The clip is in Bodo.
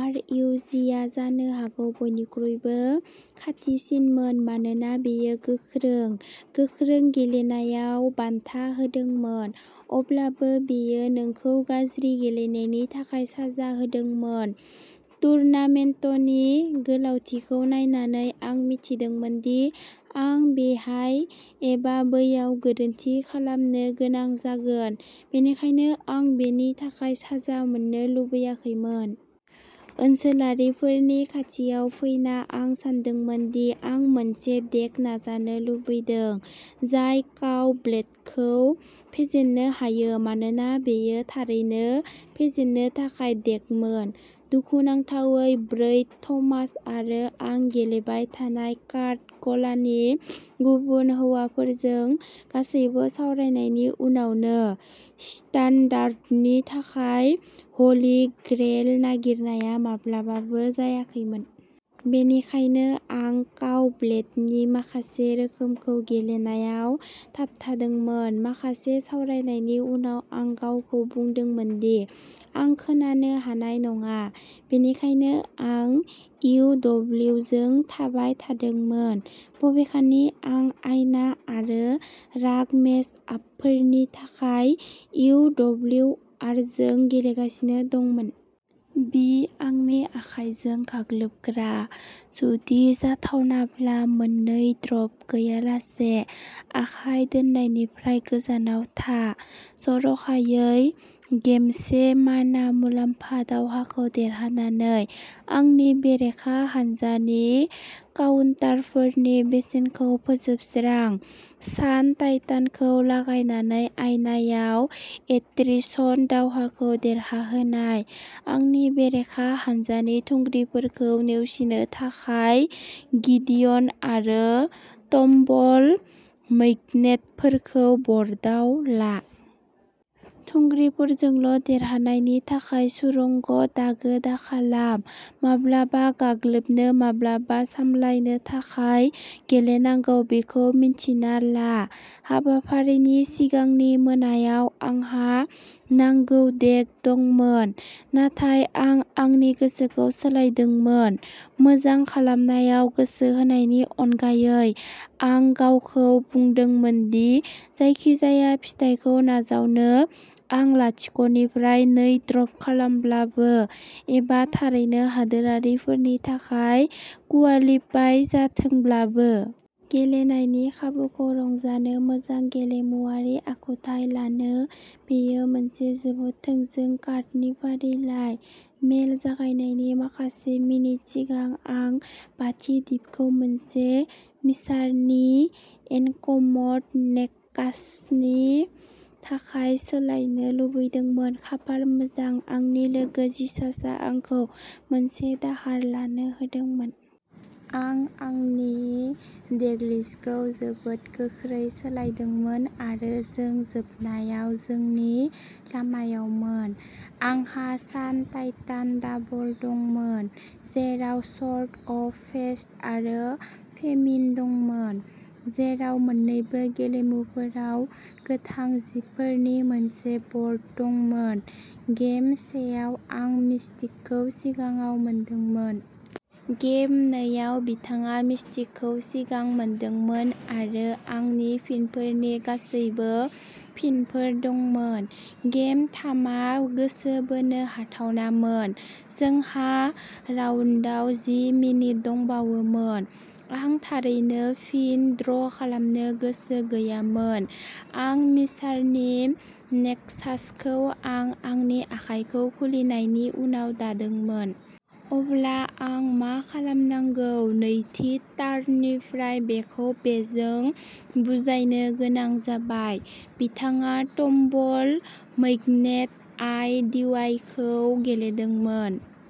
आर इउ जिआ जानो हागौ बयनिख्रुइबो खाथिसिनमोन मानोना बेयो गोख्रों, गोख्रों गेलेनायाव बान्था होदोंमोन। अब्लाबो, बेयो नोंखौ गाज्रि गेलेनायनि थाखाय साजा होदोंमोन। टुर्नामेन्टनि गोलावथिखौ नायनानै, आं मिथिदोंमोन दि आं बेहाय एबा बैयाव गोरोन्थि खालामनो गोनां जागोन, बेनिखायनो आं बेनि थाखाय साजा मोननो लुबैयाखैमोन। ओनसोलारिफोरनि खाथियाव फैना आं सानदोंमोन दि आं मोनसे डेक नाजानो लुबैदों जाय काव-ब्लेडखौ फेजेननो हायो मानोना बेयो थारैनो फेजेननो थाखाय डेकमोन। दुखुनांथावै, ब्रैड, थमास आरो आं गेलेबाय थानाय कार्ड गलानि गुबुन हौवाफोरजों गासैबो सावरायनायनि उनावबो स्टान्डार्डनि थाखाय हलि ग्रेइल नागिरनाया माब्लाबाबो जायाखैमोन। बेनिखायनो आं काव-ब्लेडनि माखासे रोखोमखौ गेलेनायाव थाबथादोंमोन। माखासे सावरायनायनि उनाव आं गावखौ बुंदोंमोन दि आं खोनानो हानाय नङा, बेनिखायनो आं इउ डब्लिउ जों थाबाय थादोंमोन, बबेखानि आं आयना आरो राग मेच-आपफोरनि थाखाय इउ डब्लिउ आर जों गेलेगासिनो दंमोन। बि आंनि आखाइजों गाग्लोबग्रा। जुदि जाथावनाब्ला मोननै ड्रप गैयालासे आखाइ दोननायनिफ्राय गोजानाव था, जर'खायै गेमसे। माना मुलाम्फा दावहाखौ देरहानानै आंनि बेरेखा हान्जानि काउन्टारफोरनि बेसेनखौ फोजोबस्रां। सान टाइटानखौ लागायनानै आयनायाव एट्रिशन दावहाखौ देरहाहोनाय। आंनि बेरेखा हान्जानि थुंग्रिफोरखौ नेवसिनो थाखाय गिडिय'न आरो टम्बल मैग्नेटफोरखौ बर्डआव ला। थुंग्रिफोरजोंल' देरहानायनि थाखाय सुरंग दागो दाखालाम। माब्ला गाग्लोबनो, माब्ला सामलायनो थाखाय गेलेनांगौ बेखौ मिन्थिना ला। हाबाफारिनि सिगांनि मोनायाव, आंहा नांगौ डेक दंमोन। नाथाय आं आंनि गोसोखौ सोलायदोंमोन। मोजां खालामनायाव गोसो होनायनि अनगायै, आं गावखौ बुंदोंमोन दि जायखिजाया फिथायखौ नाजावनो, आं लाथिख' निफ्राय नै ड्रप खालामब्लाबो एबा थारैनो हादोरारिफोरनि थाखाय कुवालिपाइ जाथोंब्लाबो। गेलेनायनि खाबुखौ रंजानो, मोजां गेलेमुआरि आखुथाय लानो बेयो मोनसे जोबोद थोंजों कार्डनि फारिलाइ। मेल जागायनायनि माखासे मिनिट सिगां आं बाथि दिपखौ मोनसे मिसारनि इनकमथ नेक्सासनि थाखाय सोलायनो लुबैदोंमोन। खाफाल मोजां, आंनि लोगो जिसासआ आंखौ मोनसे दाहार लानो होदोंमोन। आं आंनि देकलिस्टखौ जोबोद गोख्रै सोलायदोंमोन आरो जों जोबनायाव जोंनि लामायावमोन। आंहा सान टाइटान डाबल दंमोन, जेराव स्वर्ड अफ फेस्ट आरो फेमिन दंमोन, जेराव मोन्नैबो गेलेमुफोराव गोथां जिबफोरनि मोनसे बर्ड दंमोन। गेम सेआव आं मिस्टिकखौ सिगाङाव मोनदोंमोन। गेम नैआव बिथाङा मिस्टिकखौ सिगां मोनदोंमोन आरो आंनि फिनफोरनि गासैबो फिनफोर दंमोन। गेम थामआ गोसो बोनो हाथावनामोन। जोंहा राउन्डआव जि मिनिट दंबावोमोन। आं थारैनो फिन ड्र खालामनो गोसो गैयामोन। आं मिसारनि नेक्सासखौ आं आंनि आखाइखौ खुलिनायनि उनाव दादोंमोन। अब्ला आं मा खालामनांगौ? नैथि टार्ननिफ्राय बिखौ बेजों बुजानो गोनां जबाय। बिथाङा टम्बल मैग्नेट, आइ डिवाइनखौ गेलेदोंमोन।